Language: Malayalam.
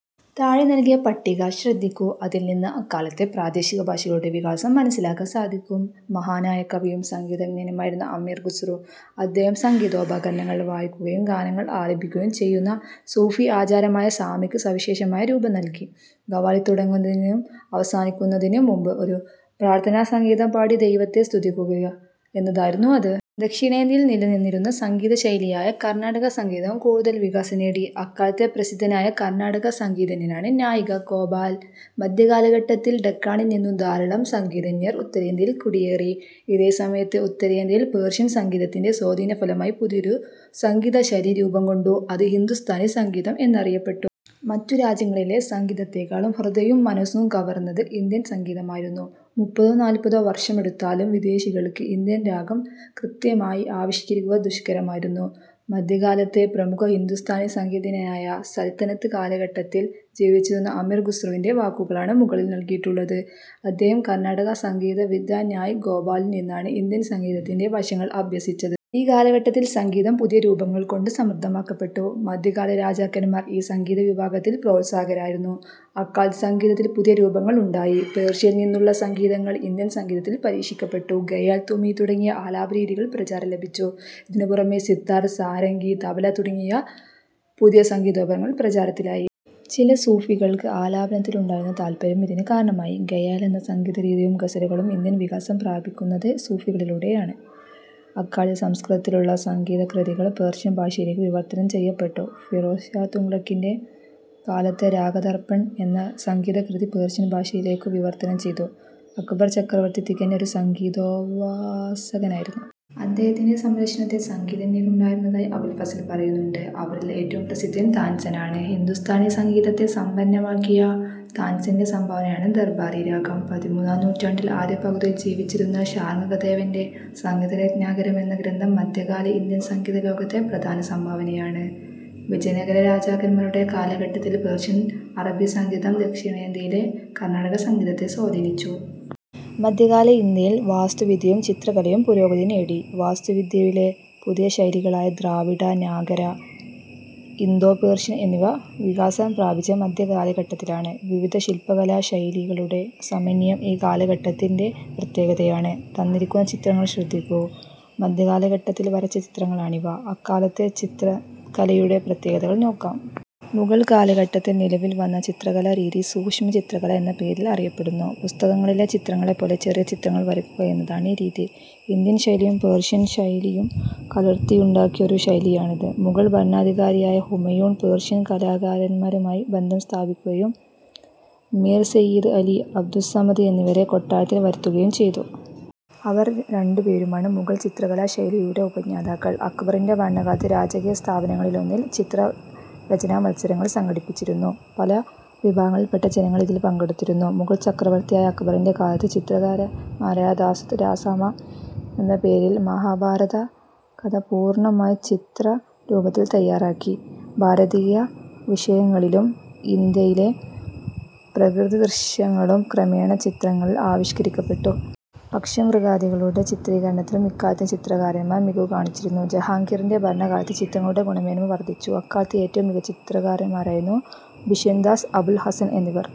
താഴെ നൽകിയ പട്ടിക ശ്രദ്ധിക്കൂ. അതിൽനിന്ന് അക്കാലത്തെ പ്രാദേശികഭാഷകളുടെ വികാസം മനസ്സിലാക്കാൻ സാധിക്കും. മഹാനായ കവിയും സംഗീതമജ്ഞനുമായിരുന്നു അമീർ ഖുസ്രു. അദ്ദേഹം സംഗീതോപകരണങ്ങൾ വായിക്കുകയും ഗാനങ്ങൾ ആലപിക്കുകയും ചെയ്യുന്ന സൂഫീ ആചാരമായ സാമയ്ക്ക് സവിശേഷമായ രൂപം നൽകി. ഖവാലി തുടങ്ങുന്നതിനും അവസാനിക്കുന്നതിനും മുമ്പ് ഒരു പ്രാർഥനാഗീതം പാടി ദൈവത്തെ സ്തുതിക്കുക എന്നതായിരുന്നു അത്. ദക്ഷിണേന്ത്യയിൽ നിലനിന്നിരുന്ന സംഗീതശൈലിയായ കർണാടകസംഗീതം കൂടുതൽ വികാസം നേടി. അക്കാലത്തെ പ്രസിദ്ധനായ കർണാടക സംഗീ തജ്ഞനാണ് നായിക് ഗോപാൽ. മധ്യകാലഘട്ടത്തിൽ ഡക്കാണിൽനിന്നു ധാരാളം സംഗീതജ്ഞർ ഉത്തരേന്ത്യയിലേക്ക് കുടിയേറി. ഇതേസമയത്ത് ഉത്തരേന്ത്യയിൽ പേർഷ്യൻ സംഗീതത്തിന്റെ സ്വാധീനഫലമായി പുതിയൊരു സംഗീതശൈലി രൂപം കൊണ്ടു. അത് ഹിന്ദുസ്ഥാനി സംഗീതം എന്നറിയപ്പെട്ടു. മറ്റു രാജ്യങ്ങളിലെ സംഗീതത്തേക്കാളും ഹൃദയവും മനസ്സും കവർന്നത് ഇന്ത്യൻ സംഗീതമായിരുന്നു. മുപ്പതോ നാൽപതോ വർഷമെടുത്താലും വിദേശികൾക്ക് ഇന്ത്യൻ രാഗം കൃത്യമായി ആവിഷ്കരിക്കുക ദുഷ്കരമായിരുന്നു. മധ്യകാലത്തെ പ്രമുഖ ഹിന്ദുസ്ഥാനി സംഗീതജ്ഞനായ സൽത്തനത്ത് കാലഘട്ടത്തിൽ ജീവിച്ചിരുന്ന അമീർ ഖുസ്രുവിന്റെ വാക്കുകളാണ് മുകളിൽ നൽകിയിട്ടുള്ളത്. അദ്ദേഹം കർണാടകസംഗീത വിദ്വാൻ നായിക് ഗോപാലിൽ നിന്നാണ് ഇന്ത്യൻ സംഗീതത്തിന്റെ വശങ്ങൾ അഭ്യസിച്ചത്. ഈ കാലഘട്ടത്തിൽ സംഗീതം പുതിയ രൂപങ്ങൾ കൊണ്ട് സമൃദ്ധമാക്കപ്പെട്ടു. മധ്യകാല രാജാക്കന്മാർ ഈ സംഗീതവിഭാഗത്തിന്റെ പ്രോത്സാഹകരായിരുന്നു. അക്കാലത്ത് സംഗീതത്തിൽ പുതിയ രൂപങ്ങൾ ഉണ്ടായി. പേർഷ്യയിൽനിന്നുള്ള സങ്കേതങ്ങൾ ഇന്ത്യൻ സംഗീതത്തിൽ പരീക്ഷിക്കപ്പെട്ടു. ഖയാൽ, തുമി തുടങ്ങിയ ആലാപനരീതികൾക്ക് പ്രചാരം ലഭിച്ചു. ഇതിനുപുറമെ സിത്താർ, സാരംഗി, തബല തുടങ്ങിയ പുതിയ സംഗീതോപകരണങ്ങൾ പ്രചാരത്തിലായി. ചില സൂഫികൾക്ക് ആലാപനത്തിലുണ്ടായിരുന്ന താൽപ്പര്യവും ഇതിന് കാരണമായി. ഖയാൽ എന്ന സംഗീതരീതിയും ഗസലുകളും ഇന്ത്യയിൽ വികാസം പ്രാപിക്കുന്നത് സൂഫികളിലൂടെയാണ്. അക്കാലത്ത് സംസ്കൃതത്തിലുള്ള സംഗീതകൃതികൾ പേർഷ്യൻ ഭാഷയിലേക്കു വിവർത്തനം ചെയ്യപ്പെട്ടു. ഫിറോസ് ഷാ തുഗ്ലക്കിന്റെ കാലത്ത് രാഗദർപ്പൺ എന്ന സംഗീതകൃതി പേർഷ്യൻ ഭാഷയിലേക്കു വിവർത്തനം ചെയ്തു. അക്ബർ ചക്രവർത്തി തികഞ്ഞ ഒരു സംഗീതോപാസകനായിരുന്നു. അദ്ദേഹത്തിന്റെ സംരക്ഷണത്തിൽ സംഗീതജ്ഞരുണ്ടായിരുന്നതായി അബുൽ ഫസൽ പറയുന്നുണ്ട്. അവരിൽ ഏറ്റവും പ്രസിദ്ധൻ താൻസെനാണ്. ഹിന്ദുസ്ഥാനിസംഗീതത്തെ സമ്പന്നമാക്കിയ താൻസെന്റെ സംഭാവനയാണ് ദർബാറി രാഗം. പതിമൂന്നാം നൂറ്റാണ്ടിന്റെ ആദ്യപകുതിയിൽ ജീവിച്ചിരുന്ന ശാർങ്ഗദേവന്റെ സംഗീതരത്നാകരം എന്ന ഗ്രന്ഥം മധ്യകാല ഇന്ത്യൻ സംഗീതലോകത്തെ പ്രധാന സംഭാവനയാണ്. വിജയനഗര രാജാക്കന്മാരുടെ കാലഘട്ടത്തിൽ പേർഷ്യൻ അറബി സംഗീതം ദക്ഷിണേന്ത്യയിലെ കർണാടകസംഗീതത്തെ സ്വാധീനിച്ചു. മധ്യകാല ഇന്ത്യയിൽ വാസ്തുവിദ്യയും ചിത്ര കലയും പുരോഗതി നേടി. വാസ്തുവിദ്യയിലെ പുതിയ ശൈലികളായ ദ്രാവിഡ, നാഗര, ഇന്തോ പേർഷ്യൻ എന്നിവ വികാസം പ്രാപിച്ചത് മധ്യകാലഘട്ടത്തിലാണ്. വിവിധ ശില്പകലാശൈലികളുടെ സമന്വയം ഈ കാലഘട്ടത്തിന്റെ പ്രത്യേകതയാണ്. തന്നിരിക്കുന്ന ചിത്രങ്ങൾ ശ്രദ്ധിക്കൂ. മധ്യകാലഘട്ടത്തിൽ വരച്ച ചിത്രങ്ങളാണിവ. അക്കാലത്തെ ചിത്രകലയുടെ പ്രത്യേകതകൾ നോക്കാം. മുഗൾ കാലഘട്ടത്തിൽ നിലവിൽ വന്ന ചിത്രകലാരീതി സൂക്ഷ്മചിത്രകല എന്ന പേരിൽ അറിയപ്പെടുന്നു. പുസ്തകങ്ങളിലെ ചിത്രങ്ങളെപ്പോലെ ചെറിയ ചിത്രങ്ങൾ വരയ്ക്കുക എന്നതാണ് ഈ രീതി. ഇന്ത്യൻ ശൈലിയും പേർഷ്യൻ ശൈലിയും കലർത്തിയുണ്ടാക്കിയ ഒരു ശൈലിയാണിത്. മുഗൾ ഭരണാധികാരിയായ ഹുമയൂൺ പേർഷ്യൻ കലാകാരന്മാരുമായി ബന്ധം സ്ഥാപിക്കുകയും മീർ സയ്യിദ് അലി, അബ്ദുസ്സമദ് എന്നിവരെ കൊട്ടാരത്തിൽ വരുത്തുകയും ചെയ്തു. അവർ രണ്ടുപേരുമാണ് മുഗൾ ചിത്രകലാശൈലിയുടെ ഉപജ്ഞാതാക്കൾ. അക്ബറിന്റെ ഭരണകാലത്ത് രാജകീയസ്ഥാപനങ്ങളിലൊന്നിൽ ചിത്ര രചനാമത്സരങ്ങൾ സംഘടിപ്പിച്ചിരുന്നു. പല വിഭാഗങ്ങളിൽപ്പെട്ട ജനങ്ങൾ ഇതിൽ പങ്കെടുത്തിരുന്നു. മുഗൾ ചക്രവർത്തിയായ അക്ബറിന്റെ കാലത്ത് ചിത്രകാരനായ ദസ്വന്ത് രാസാമ എന്ന പേരിൽ മഹാഭാരതകഥ പൂർണമായി ചിത്ര രൂപത്തിൽ തയാറാക്കി. ഭാരതീയ വിഷയങ്ങളും ഇന്ത്യയിലെ പ്രകൃതിദൃശ്യങ്ങളും ക്രമേണ ചിത്രങ്ങളിൽ ആവിഷ്കരിക്കപ്പെട്ടു. പക്ഷിമൃഗാദികളുടെ ചിത്രീകരണത്തിലും ഇക്കാലത്തെ ചിത്രകാരന്മാർ മികവു കാണിച്ചിരുന്നു. ജഹാംഗീറിന്റെ ഭരണകാലത്ത് ചിത്രങ്ങളുടെ ഗുണമേന്മ വർധിച്ചു. അക്കാലത്തെ ഏറ്റവും മികച്ച ചിത്രകാരന്മാരായിരുന്നു ബിഷൻദാസ്, അബുൽ ഹസൻ എന്നിവർ.